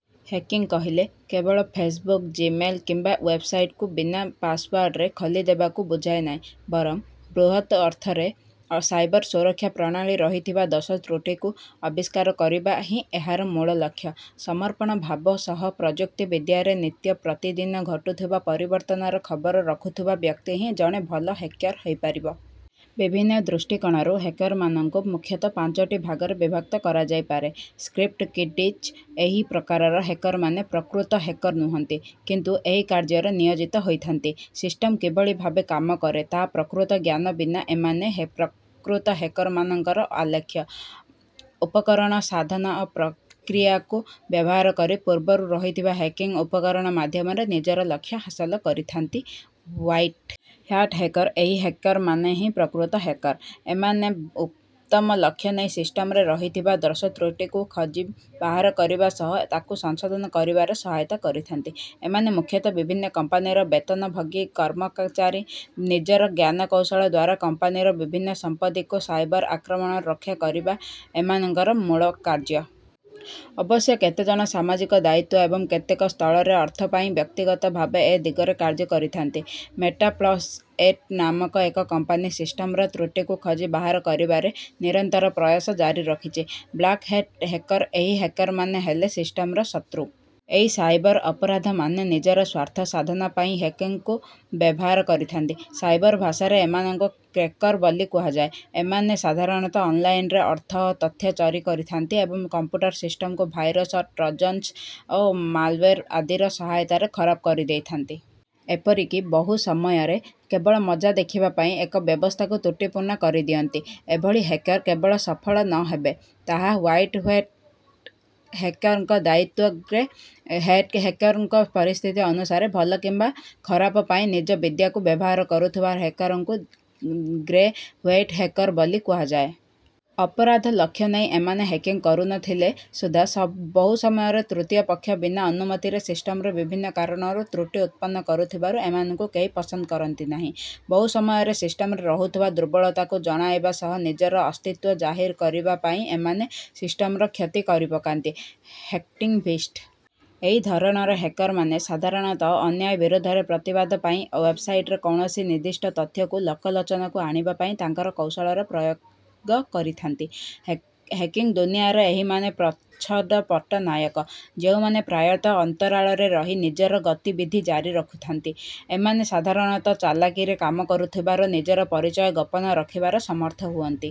Hacking କହିଲେ କେବଳ Facebook, Gmail କିମ୍ବା ୱେବସାଇଟ୍‌କୁ ବିନା ପାସୱାର୍ଡରେ ଖୋଲିଦେବାକୁ ବୁଝାଏ ନାହିଁ, ବରଂ ବୃହତ୍ ଅର୍ଥରେ ସାଇବର ସୁରକ୍ଷା ପ୍ରଣାଳୀରେ ରହିଥିବା ଦୋଷତ୍ରୁଟିକୁ ଆବିଷ୍କାର କରିବା ହିଁ ଏହାର ମୂଳ ଲକ୍ଷ୍ୟ। ସମର୍ପଣ ଭାବ ସହ ପ୍ରଯୁକ୍ତିବିଦ୍ୟାରେ ନିତ୍ୟପ୍ରତିଦିନ ଘଟୁଥିବା ପରିବର୍ତ୍ତନର ଖବର ରଖୁଥିବା ବ୍ୟକ୍ତି ହିଁ ଜଣେ ଭଲ ହ୍ୟାକର ହେଇପାରିବ। ବିଭିନ୍ନ ଦୃଷ୍ଟିକୋଣରୁ ହ୍ୟାକରମାନଙ୍କୁ ମୁଖ୍ୟତଃ ପାଞ୍ଚଟି ଭାଗରେ ବିଭକ୍ତ କରାଯାଇପାରେ। ସ୍କ୍ରିପ୍ଟ କିଡିଜ୍ ଏହି ପ୍ରକାରର ହ୍ୟାକରମାନେ ପ୍ରକୃତ ହ୍ୟାକର ନୁହନ୍ତି, କିନ୍ତୁ ଏହି କାର୍ଯ୍ୟରେ ନିୟୋଜିତ ହୋଇଥାନ୍ତି। ସିଷ୍ଟମ୍ କିଭଳି ଭାବେ କାମ କରେ, ତା'ର ପ୍ରକୃତ ଜ୍ଞାନ ବିନା ଏମାନେ ପ୍ରକୃତ ହ୍ୟାକରମାନଙ୍କର ଆଲେଖ୍ୟ, ଉପକରଣ, ସାଧନ ଓ ପ୍ରକ୍ରିୟାକୁ ବ୍ୟବହାର କରି ପୂର୍ବରୁ ରହିଥିବା ହ୍ୟାକିଂ ଉପକରଣ ମାଧ୍ୟମରେ ନିଜର ଲକ୍ଷ୍ୟ ହାସଲ କରିଥାନ୍ତି। ହ୍ୱାଇଟ୍ ହ୍ୟାଟ୍ ହ୍ୟାକର ଏହି ହ୍ୟାକରମାନେ ହିଁ ପ୍ରକୃତ ହ୍ୟାକର। ଏମାନେ ଉତ୍ତମ ଲକ୍ଷ୍ୟ ନେଇ ସିଷ୍ଟମରେ ରହିଥିବା ଦୋଷତ୍ରୁଟିକୁ ଖୋଜି ବାହାର କରିବା ସହ ତାକୁ ସଂଶୋଧନ କରିବାରେ ସହାୟତା କରିଥାନ୍ତି। ଏମାନେ ମୁଖ୍ୟତଃ ବିଭିନ୍ନ କମ୍ପାନୀର ବେତନଭୋଗୀ କର୍ମଚାରୀ। ନିଜର ଜ୍ଞାନକୌଶଳ ଦ୍ୱାରା କମ୍ପାନୀର ବିଭିନ୍ନ ସମ୍ପତ୍ତିକୁ ସାଇବର ଆକ୍ରମଣରୁ ରକ୍ଷା କରିବା ଏମାନଙ୍କର ମୂଳ କାର୍ଯ୍ୟ। ଅବଶ୍ୟ କେତେଜଣ ସାମାଜିକ ଦାୟିତ୍ୱ ଏବଂ କେତେକ ସ୍ଥଳରେ ଅର୍ଥ ପାଇଁ ବ୍ୟକ୍ତିଗତ ଭାବେ ଏ ଦିଗରେ କାର୍ଯ୍ୟ କରିଥାନ୍ତି। ମେଟାସ୍ପ୍ଲଏଟ୍ ନାମକ ଏକ କମ୍ପାନୀ ସିଷ୍ଟମରେ ତ୍ରୁଟିକୁ ଖୋଜି ବାହାର କରିବାରେ ନିରନ୍ତର ପ୍ରୟାସ ଜାରି ରଖିଛି। ବ୍ଲାକ୍ ହ୍ୟାଟ୍ ହ୍ୟାକର ଏହି ହ୍ୟାକରମାନେ ହେଲେ ସିଷ୍ଟମର ଶତ୍ରୁ। ଏହି ସାଇବର ଅପରାଧମାନେ ନିଜର ସ୍ୱାର୍ଥ ସାଧନା ପାଇଁ ହ୍ୟାକିଂକୁ ବ୍ୟବହାର କରିଥାନ୍ତି। ସାଇବର ଭାଷାରେ ଏମାନଙ୍କୁ କ୍ରେକର ବୋଲି କୁହାଯାଏ। ଏମାନେ ସାଧାରଣତଃ ଅନଲାଇନରେ ଅର୍ଥ ଓ ତଥ୍ୟ ଚରି କରିଥାନ୍ତି ଏବଂ କମ୍ପୁଟର ସିଷ୍ଟମକୁ ଭାଇରସ୍, ଟ୍ରୋଜନ୍ସ ଓ ମାଲୱେର୍ ଆଦିର ସହାୟତାରେ ଖରାପ କରିଦେଇଥାନ୍ତି। ଏପରିକି ବହୁ ସମୟରେ କେବଳ ମଜା ଦେଖିବା ପାଇଁ ଏକ ବ୍ୟବସ୍ଥାକୁ ତ୍ରୁଟିପୂର୍ଣ୍ଣ କରିଦିଅନ୍ତି। ଏଭଳି ହ୍ୟାକର କେବଳ ସଫଳ ନ ହେବେ, ତାହା ହ୍ୱାଇଟ୍ ହ୍ୟାଟ୍ ହ୍ୟାକରଙ୍କ ଦାୟିତ୍ୱ। ଗ୍ରେ ହ୍ୟାଟ୍ ହ୍ୟାକର ପରିସ୍ଥିତି ଅନୁସାରେ ଭଲ କିମ୍ବା ଖରାପ ପାଇଁ ନିଜ ବିଦ୍ୟାକୁ ବ୍ୟବହାର କରୁଥିବା ହ୍ୟାକରଙ୍କୁ ଗ୍ରେ ହ୍ୟାଟ୍ ହ୍ୟାକର ବୋଲି କୁହାଯାଏ। ଅପରାଧ ଲକ୍ଷ୍ୟ ନେଇ ଏମାନେ ହ୍ୟାକିଂ କରୁ ନ ଥିଲେ ସୁଦ୍ଧା, ସ ବହୁ ସମୟରେ ତୃତୀୟ ପକ୍ଷ ବିନା ଅନୁମତିରେ ସିଷ୍ଟମରେ ବିଭିନ୍ନ କାରଣରୁ ତ୍ରୁଟି ଉତ୍ପନ୍ନ କରୁଥିବାରୁ ଏମାନଙ୍କୁ କେହି ପସନ୍ଦ କରନ୍ତି ନାହିଁ। ବୋହୁ ସମୟରେ ସିଷ୍ଟମରେ ରହିଥିବା ଦୁର୍ବଳତାକୁ ଜଣାଇବା ସହ ନିଜର ଅସ୍ତିତ୍ୱ ଜାହିର କରିବା ପାଇଁ ଏମାନେ ସିଷ୍ଟମର କ୍ଷତି କରିପକାନ୍ତି। ହ୍ୟାକ୍ଟିଙ୍ଗଭିଷ୍ଟ ଏହି ଧରଣର ହ୍ୟାକରମାନେ ସାଧାରଣତଃ ଅନ୍ୟାୟ ବିରୋଧରେ ପ୍ରତିବାଦ ପାଇଁ ୱେବସାଇଟରେ କୌଣସି ନିର୍ଦ୍ଦିଷ୍ଟ ତଥ୍ୟକୁ ଲୋକଲୋଚନକୁ ଆଣିବା ପାଇଁ ତାଙ୍କର କୌଶଳକୁ ପ୍ରୟୋଗ କରିଥାନ୍ତି। ହ୍ୟାକିଂ ଦୁନିଆର ଏହିମାନେ ପ୍ରଚ୍ଛଦପଟ୍ଟ ନାୟକ, ଯେଉଁମାନେ ପ୍ରାୟତଃ ଅନ୍ତରାଳରେ ରହି ନିଜର ଗତିବିଧି ଜାରି ରଖିଥାନ୍ତି। ଏମାନେ ସାଧାରଣତଃ ଚାଲାକିରେ କାମ କରୁଥିବାରୁ ନିଜର ପରିଚୟ ଗୋପନ ରଖିବାରେ ସମର୍ଥ ହୁଅନ୍ତି।